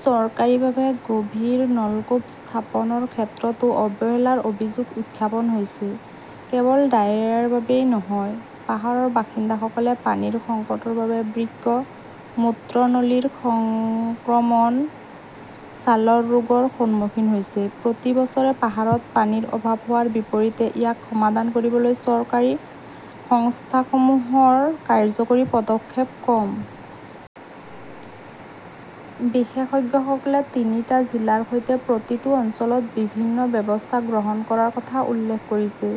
চৰকাৰীভাৱে গভীৰ নলকূপ স্থাপনৰ ক্ষেত্ৰতো অৱহেলাৰ অভিযোগ উত্থাপন হৈছে। কেৱল ডায়েৰিয়াৰ বাবেই নহয়, পাহাৰৰ বাসিন্দাসকলে পানীৰ সংকটৰ বাবে বৃক্ক, মূত্ৰনলীৰ সংক্ৰমণ, ছালৰ ৰোগৰ সন্মুখীন হৈছে। প্ৰতি বছৰে পাহাৰত পানীৰ অভাৱ হোৱাৰ বিপৰীতে ইয়াক সমাধান কৰিবলৈ চৰকাৰী সংস্থাসমূহৰ কাৰ্যকৰী পদক্ষেপ কম। বিশেষজ্ঞসকলে তিনিটা জিলাৰ সৈতে প্ৰতিটো অঞ্চলত বিভিন্ন ব্যৱস্থা গ্ৰহণ কৰাৰ কথা উল্লেখ কৰিছে।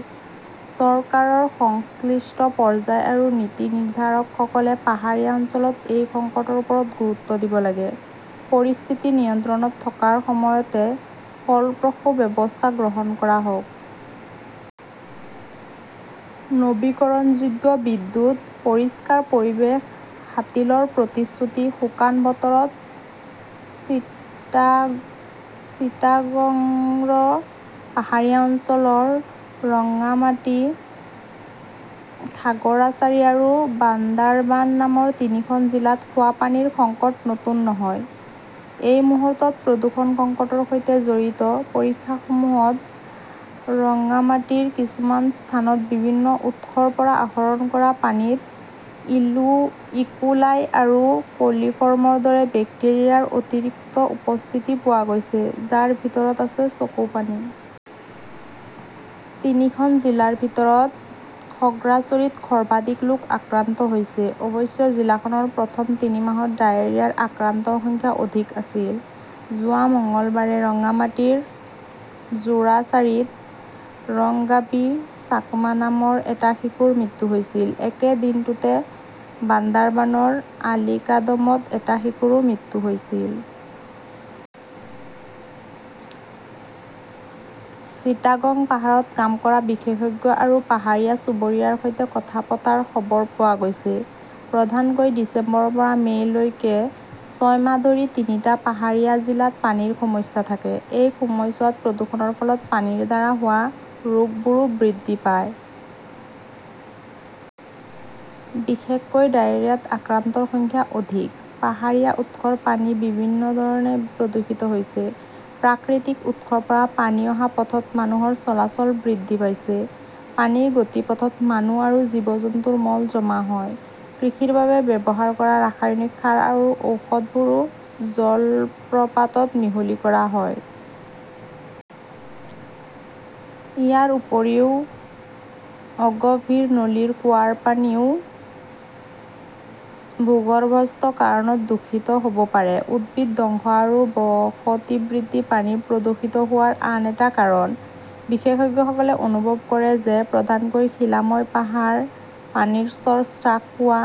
চৰকাৰৰ সংশ্লিষ্ট পৰ্যায় আৰু নীতি নিৰ্ধাৰকসকলে পাহাৰীয়া অঞ্চলত এই সংকটৰ ওপৰত গুৰুত্ব দিব লাগে। পৰিস্থিতি নিয়ন্ত্ৰণত থকাৰ সময়তে ফলপ্ৰসূ ব্যৱস্থা গ্ৰহণ কৰা হওক। নৱীকৰণযোগ্য বিদ্যুৎ, পৰিষ্কাৰ পৰিৱেশ হাতিলৰ প্ৰতিশ্ৰুতি শুকান বতৰত চিটাগমৰ পাহাৰীয়া অঞ্চলৰ ৰংগামাটি, খাগৰাচাৰী আৰু বান্দাৰবান নামৰ তিনিখন জিলাত খোৱা পানীৰ সংকট নতুন নহয়। এই মুহূৰ্তত প্ৰদূষণ সংকটৰ সৈতে জড়িত; পৰীক্ষাসমূহত ৰংগামাটীৰ কিছুমান স্থানত বিভিন্ন উৎসৰ পৰা আহৰণ কৰা পানীত ইকোলাই আৰু কলিফৰ্মৰ দৰে বেক্টেৰিয়াৰ অতিৰিক্ত উপস্থিতি পোৱা গৈছে, যাৰ ভিতৰত আছে চকুপানী। তিনিখন জিলাৰ ভিতৰত খগ্ৰাচৰীত সৰ্বাধিক লোক আক্ৰান্ত হৈছে। অৱশ্যে, জিলাখনৰ প্ৰথম তিনি মাহত ডায়েৰিয়াৰ আক্ৰান্তৰ সংখ্যা অধিক আছিল। যোৱা মঙলবাৰে ৰংগামাটীৰ জুৰাছাড়ীত ৰংগাবী চাকমা নামৰ এটা শিশুৰ মৃত্যু হৈছিল। একে দিনটোতে বান্দাৰবানৰ আলীকাদমত এটা শিশুৰো মৃত্যু হৈছিল। চিটাগং পাহাৰত কাম কৰা বিশেষজ্ঞ আৰু পাহাৰীয়া চুবুৰীয়াৰ সৈতে কথা পতাৰ খবৰ পোৱা গৈছে, প্ৰধানকৈ ডিচেম্বৰৰ পৰা মে' লৈকে ছয় মাহ ধৰি তিনিটা পাহাৰীয়া জিলাত পানীৰ সমস্যা থাকে। এই সময়ছোৱাত প্ৰদূষণৰ ফলত পানীৰ দ্বাৰা হোৱা ৰোগবোৰো বৃদ্ধি পায়। বিশেষকৈ ডায়েৰিয়াত আক্ৰান্তৰ সংখ্যা অধিক। পাহাৰীয়া উৎসৰ পানী বিভিন্ন ধৰণে প্ৰদূষিত হৈছে। প্ৰাকৃতিক উৎসৰ পৰা পানী অহা পথত মানুহৰ চলাচল বৃদ্ধি পাইছে। পানীৰ গতিপথত মানুহ আৰু জীৱ-জন্তুৰ মল জমা হয়। কৃষিৰ বাবে ব্যৱহাৰ কৰা ৰাসায়নিক সাৰ আৰু ঔষধবোৰো জলপ্ৰপাতত মিহলি কৰা হয়। ইয়াৰ উপৰিও অগভীৰ নলীৰ কুঁৱাৰ পানীও ভূগৰ্ভস্থ কাৰণত দূষিত হ'ব পাৰে। উদ্ভিদ ধ্বংস আৰু বসতি বৃদ্ধি পানী প্ৰদূষিত হোৱাৰ আন এটা কাৰণ। বিশেষজ্ঞসকলে অনুভৱ কৰে যে, প্ৰধানকৈ শিলাময় পাহাৰ, পানীৰ স্তৰ হ্ৰাস পোৱা,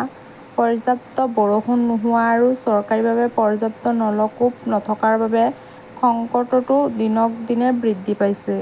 পৰ্যাপ্ত বৰষুণ নোহোৱা আৰু চৰকাৰীভাৱে পৰ্যাপ্ত নলকূপ নথকাৰ বাবে সংকটটো দিনক দিনে বৃদ্ধি পাইছে।